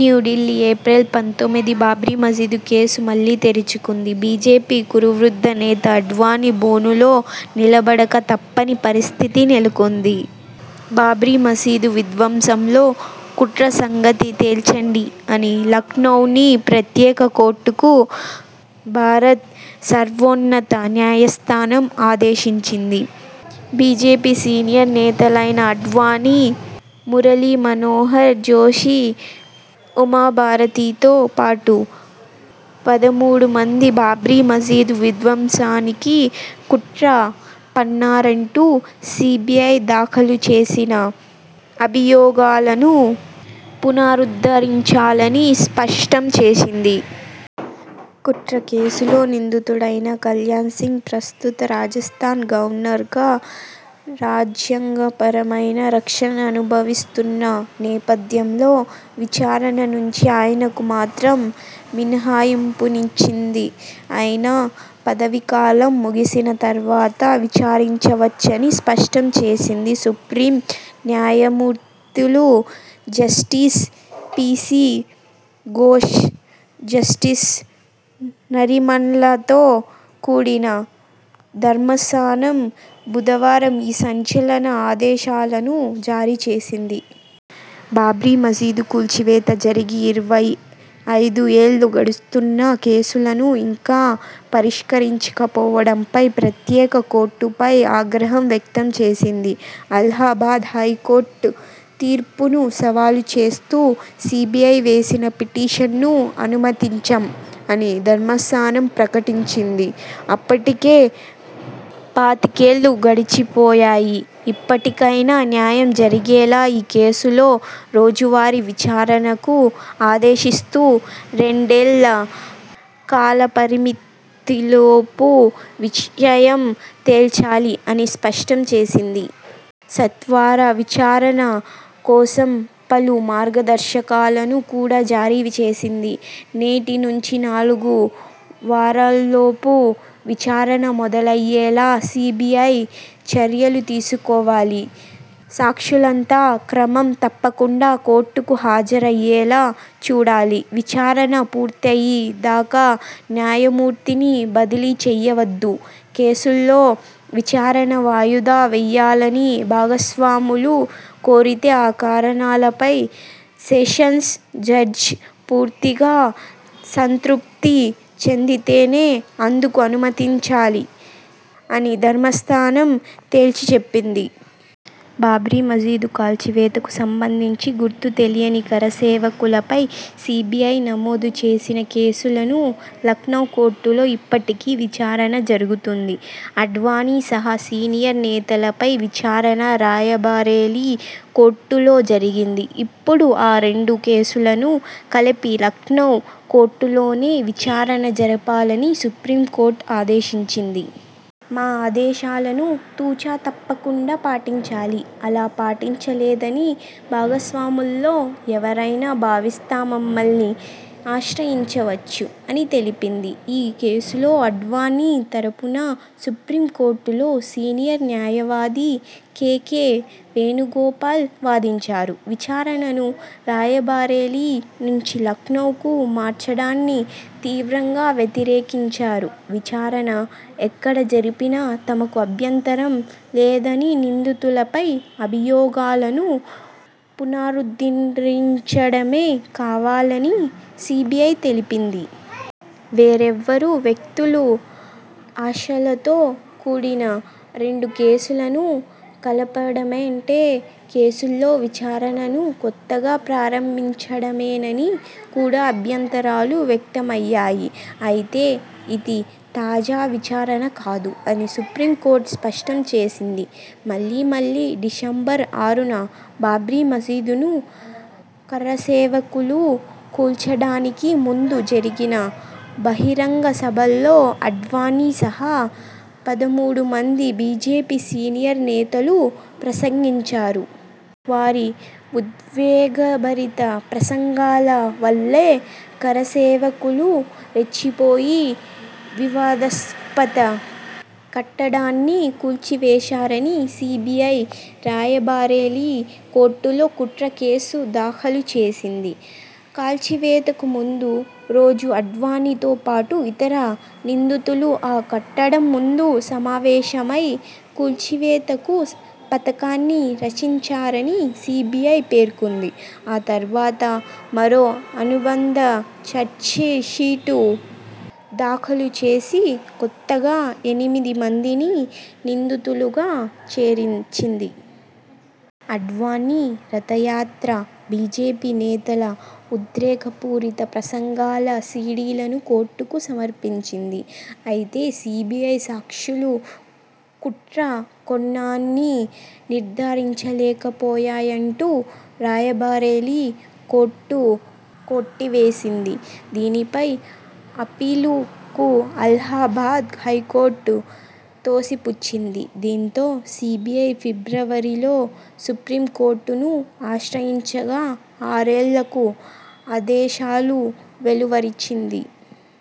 New Delhi, April పంతొమ్మిది బాబ్రీ మసీదు కేసు మళ్లీ తెరుచుకుంది. బీజేపీ కురువృద్ధ నేత ఆడ్వాణీ బోనులో నిలబడక తప్పని పరిస్థితి నెలకొంది. 'బాబ్రీ మసీదు విధ్వంసంలో కుట్ర సంగతి తేల్చండి' అని లఖ్నవ్లోని ప్రత్యేక కోర్టుకు భారత సర్వోన్నత న్యాయస్థానం ఆదేశించింది. బీజేపీ సీనియర్ నేతలైన ఆడ్వాణీ, మురళీమనోహర్ జోషి, ఉమాభారతితో పాటు పదమూడుమంది బాబ్రీ మసీదు విధ్వంసానికి కుట్ర పన్నారంటూ సీబీఐ దాఖలు చేసిన అభియోగాలను పునరుద్ధరించాలని స్పష్టం చేసింది. కుట్ర కేసులో నిందితుడైన కల్యాణ్సింగ్ ప్రస్తుతం రాజస్థాన్ గవర్నర్గా, రాజ్యాంగపరమైన రక్షణ అనుభవిస్తున్న నేపథ్యంలో విచారణ నుంచి ఆయనకు మాత్రం మినహాయింపునిచ్చింది. ఆయన పదవీకాలం ముగిసిన తర్వాత విచారించవచ్చని స్పష్టం చేసింది. సుప్రీం న్యాయమూర్తులు జస్టిస్ పీసీ ఘోష్, జస్టిస్ నారీమన్లతో కూడిన ధర్మాసనం బుధవారం ఈ సంచలన ఆదేశాలను జారీచేసింది. బాబ్రీ మసీదు కూల్చివేత జరిగి ఇరవై ఐదు ఏళ్లు గడుస్తున్నా కేసులను ఇంకా పరిష్కరించకపోవడంపై ప్రత్యేక కోర్టుపై ఆగ్రహం వ్యక్తం చేసింది. ''అలహాబాద్ హైకోర్టు తీర్పును సవాలు చేస్తూ సీబీఐ వేసిన పిటిషన్ను అనుమతించాం'' అని ధర్మాసనం ప్రకటించింది. ''ఇప్పటికే పాతికేళ్లు గడిచిపోయాయి. ఇప్పటికైనా న్యాయం జరిగేలా ఈ కేసులో రోజువారీ విచారణకు ఆదేశిస్తూ రెండేళ్ల కాలపరిమితిలోపు విషయం తేల్చాలి'' అని స్పష్టం చేసింది. సత్వర విచారణ కోసం పలు మార్గదర్శకాలను కూడా జారీ చేసింది. ''నేటి నుంచి నాలుగు వారాల్లోపు విచారణ మొదలయ్యేలా సీబీఐ చర్యలు తీసుకోవాలి. సాక్షులంతా క్రమం తప్పకుండా కోర్టుకు హాజరయ్యేలా చూడాలి. విచారణ పూర్తయ్యే దాకా న్యాయమూర్తిని బదిలీ చేయవద్దు! కేసులో విచారణ వాయిదా వేయాలని భాగస్వాములు కోరితే ఆ కారణాలపై సెషన్స్ జడ్జి పూర్తిగా సంతృప్తి చెందితేనే అందుకు అనుమతించాలి'' అని ధర్మాసనం తేల్చిచెప్పింది. బాబ్రీ మసీదు కూల్చివేతకు సంబంధించి 'గుర్తు తెలియని కరసేవకులపై' సీబీఐ నమోదు చేసిన కేసును లఖ్నవ్ కోర్టులో ఇప్పటికీ విచారణ జరుగుతోంది. ఆడ్వాణీ సహా సీనియర్ నేతలపై విచారణ రాయబరేలీ కోర్టులో జరిగింది. ఇప్పుడు ఆ రెండు కేసులనూ కలిపి లఖ్నవ్ కోర్టులోనే విచారణ జరపాలని సుప్రీంకోర్టు ఆదేశించింది. ''మా ఆదేశాలను తు. చ. తప్పకుండా పాటించాలి. అలా పాటించలేదని భాగస్వాముల్లో ఎవరైనా భావిస్తేమమ్మల్ని ఆశ్రయించవచ్చు'' అని తెలిపింది. ఈ కేసులో ఆడ్వాణీ తరఫున సుప్రీంకోర్టులో సీనియర్ న్యాయవాది కేకే వేణుగోపాల్ వాదించారు. విచారణను రాయబరేలీ నుంచి లఖ్నవ్కు మార్చడాన్ని తీవ్రంగా వ్యతిరేకించారు. విచారణ ఎక్కడ జరిపినా తమకు అభ్యంతరం లేదనినిందితులపై అభియోగాలను పునరుద్ధరించడమే కావాలని సీబీఐ తెలిపింది. వేర్వేరు వ్యక్తులు, అంశాలతో కూడిన రెండు కేసులను కలపడమంటే కేసులో విచారణను కొత్తగా ప్రారంభించడమేనని కూడా అభ్యంతరాలు వ్యక్తమయ్యాయి. అయితే ఇది 'తాజా విచారణ కాదు' అని సుప్రీంకోర్టు స్పష్టం చేసింది. మళ్లీమళ్లీ డిసెంబర్ ఆరున బాబ్రీ మసీదును కరసేవకులు కూల్చడానికి ముందు జరిగిన బహిరంగ సభలో ఆడ్వాణీ సహా పదమూడుమంది బీజేపీ సీనియర్ నేతలు ప్రసంగించారు. వారి ఉద్వేగభరిత ప్రసంగాల వల్లే కరసేవకులు రెచ్చిపోయి వివాదాస్పద కట్టడాన్ని కూల్చివేశారని సీబీఐ రాయబరేలీ కోర్టులో కుట్ర కేసు దాఖలు చేసింది. కూల్చివేతకు ముందు రోజు ఆడ్వాణీతోపాటు ఇతర నిందితులు ఆ కట్టడం ముందు సమావేశమై, కూల్చివేత కు పథకాన్ని రచించారని సీబీఐ పేర్కొంది. ఆ తర్వాత మరో అనుబంధ చార్జిషీటు దాఖలు చేసి కొత్తగా ఎనిమిది మందిని నిందితులుగా చేర్చింది. ఆడ్వాణీ రథయాత్ర, బీజేపీ నేతల ఉద్రేకపూరిత ప్రసంగాల సీడీలనూ కోర్టుకు సమర్పించింది. అయితే, సీబీఐ సాక్ష్యాలు కుట్ర కోణాన్ని నిర్ధారించలేకపోయాయంటూ రాయబరేలీ కోర్టు కొట్టివేసింది. దీనిపై అప్పీల్ను అలహాబాద్ హైకోర్టు తోసిపుచ్చింది. దీంతో సీబీఐ ఫిబ్రవరిలో సుప్రీంకోర్టును ఆశ్రయించగా ఆరేళ్లకు ఆదేశాలు వెలువరించింది.